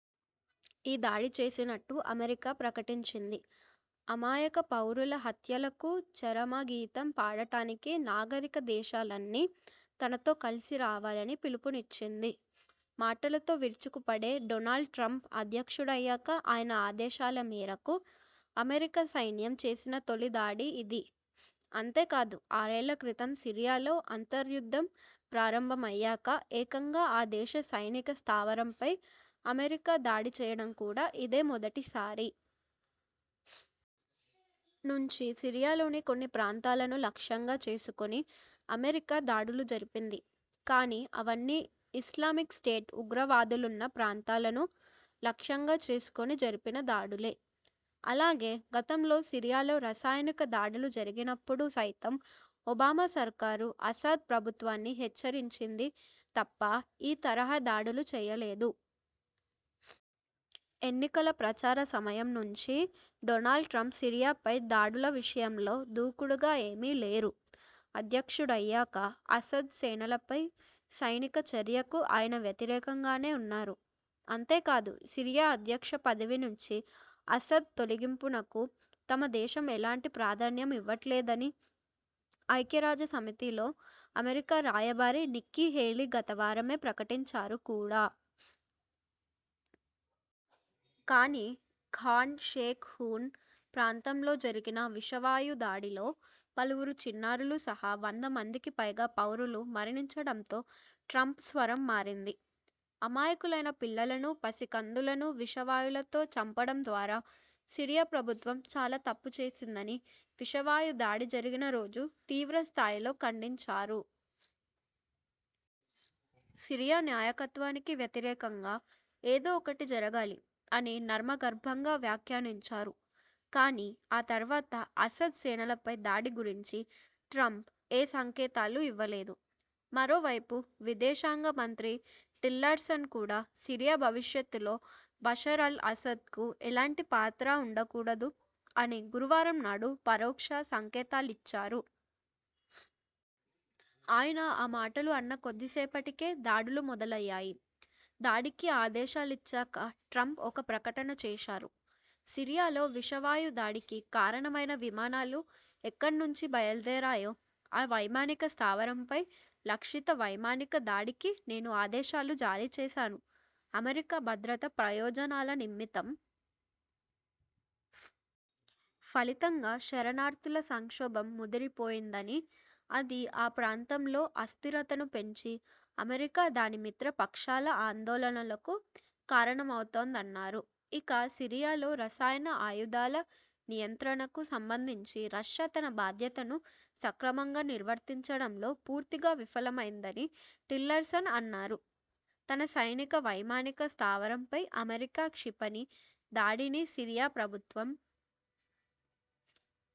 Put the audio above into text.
ఈ దాడి చేసినట్టు అమెరికా ప్రకటించింది. అమాయక పౌరుల హత్యలకు చరమగీతం పాడటానికి నాగరిక దేశాలన్నీ తనతో కలిసిరావాలని పిలుపునిచ్చింది. మాటలతో విరుచుకుపడే డోనాల్డ్ ట్రంప్ అధ్యక్షుడయ్యాక ఆయన ఆదేశాల మేరకు అమెరికా సైన్యం చేసిన తొలి దాడి ఇది. అంతే కాదు, ఆరేళ్ల క్రితం సిరియాలో అంతర్యుద్ధం ప్రారంభమయ్యాక ఏకంగా ఆ దేశ సైనిక స్థావరంపై అమెరికా దాడి చేయడం కూడా ఇదే మొదటిసారి. నుంచి సిరియాలోని కొన్ని ప్రాంతాలను లక్ష్యంగా చేసుకుని అమెరికా దాడులు జరిపింది. కానీ, అవన్నీ ఇస్లామిక్ స్టేట్ ఉగ్రవాదులున్న ప్రాంతాలను లక్ష్యంగా చేసుకుని జరిపిన దాడులే. అలాగే.. గతంలో సిరియాలో రసాయనిక దాడులు జరిగినప్పుడు సైతం ఒబామా సర్కారు అసద్ ప్రభుత్వాన్ని హెచ్చరించింది తప్ప ఈ తరహా దాడులు చేయలేదు. ఎన్నికల ప్రచార సమయం నుంచీ డోనాల్డ్ ట్రంప్ సిరియాపై దాడుల విషయంలో దూకుడుగా ఏమీ లేరు. అధ్యక్షుడయ్యాకా.. అసద్ సేనలపై సైనిక చర్యకు ఆయన వ్యతిరేకంగానే ఉన్నారు. అంతే కాదు.. సిరియా అధ్యక్ష పదవి నుంచి అసద్ తొలగింపునకు తమదేశం ఎలాంటి ప్రాధాన్యం ఇవ్వట్లేదని. ఐక్యరాజ్యసమితిలో అమెరికా రాయబారి నిక్కీహేలీ గతవారమే ప్రకటించారు కూడా. కానీ.. ఖాన్ షేక్ హూన్ ప్రాంతంలో జరిగిన విషవాయుదాడిలో పలువురు చిన్నారులు సహా వంద మందికిపైగా పౌరులు మరణించడంతో ట్రంప్ స్వరం మారింది. అమాయకులైన పిల్లలను, పసికందులను విషవాయువులతో చంపడం ద్వారా సిరియా ప్రభుత్వం చాలా తప్పు చేసిందని.. విషవాయు దాడి జరిగిన రోజు తీవ్రస్థాయిలో ఖండించారు. ''సిరియా నాయకత్వానికి వ్యతిరేకంగా ఏదో ఒకటి జరగాలి'' అని నర్మగర్భంగా వ్యాఖ్యానించారు. కానీ, ఆ తర్వాత అసద్ సేనలపై దాడి గురించి ట్రంప్ ఏ సంకేతాలూ ఇవ్వలేదు. మరోవైపు విదేశాంగ మంత్రి టిల్లర్సన్ కూడా.. ''సిరియా భవిష్యత్తులో బషర్ అల్ అసద్కు ఎలాంటి పాత్రా ఉండకూడదు'' అని గురువారంనాడు పరోక్ష సంకేతాలిచ్చారు. ఆయన ఆ మాటలు అన్న కొద్దిసేపటికే దాడులు మొదలయ్యాయి. దాడికి ఆదేశాలిచ్చాక ట్రంప్ఒక ప్రకటన చేశారు. ''సిరియాలో విషవాయుదాడికి కారణమైన విమానాలు ఎక్కడి నుంచి బయల్దేరాయో ఆ వైమానిక స్థావరంపై లక్ష్యిత వైమానిక దాడికి నేను ఆదేశాలు జారీ చేశాను. అమెరికా భద్రతా ప్రయోజనాల నిమిత్తం.. ఫలితంగా శరణార్థుల సంక్షోభం ముదిరిపోయిందని, అది ఆ ప్రాంతంలో అస్థిరతను పెంచి అమెరికా, దాని మిత్రపక్షాల ఆందోళనకు కారణమవుతోందన్నారు. ఇక.. సిరియాలో రసాయన ఆయుధాల నియంత్రణకు సంబంధించి రష్యా తన బాధ్యతను సక్రమం గా నిర్వర్తించడంలో పూర్తిగా విఫలమైందని టిల్లర్సన్ అన్నారు. తన సైనిక వైమానిక స్థావరంపై అమెరికా క్షిపణి దాడిని సిరియా ప్రభుత్వం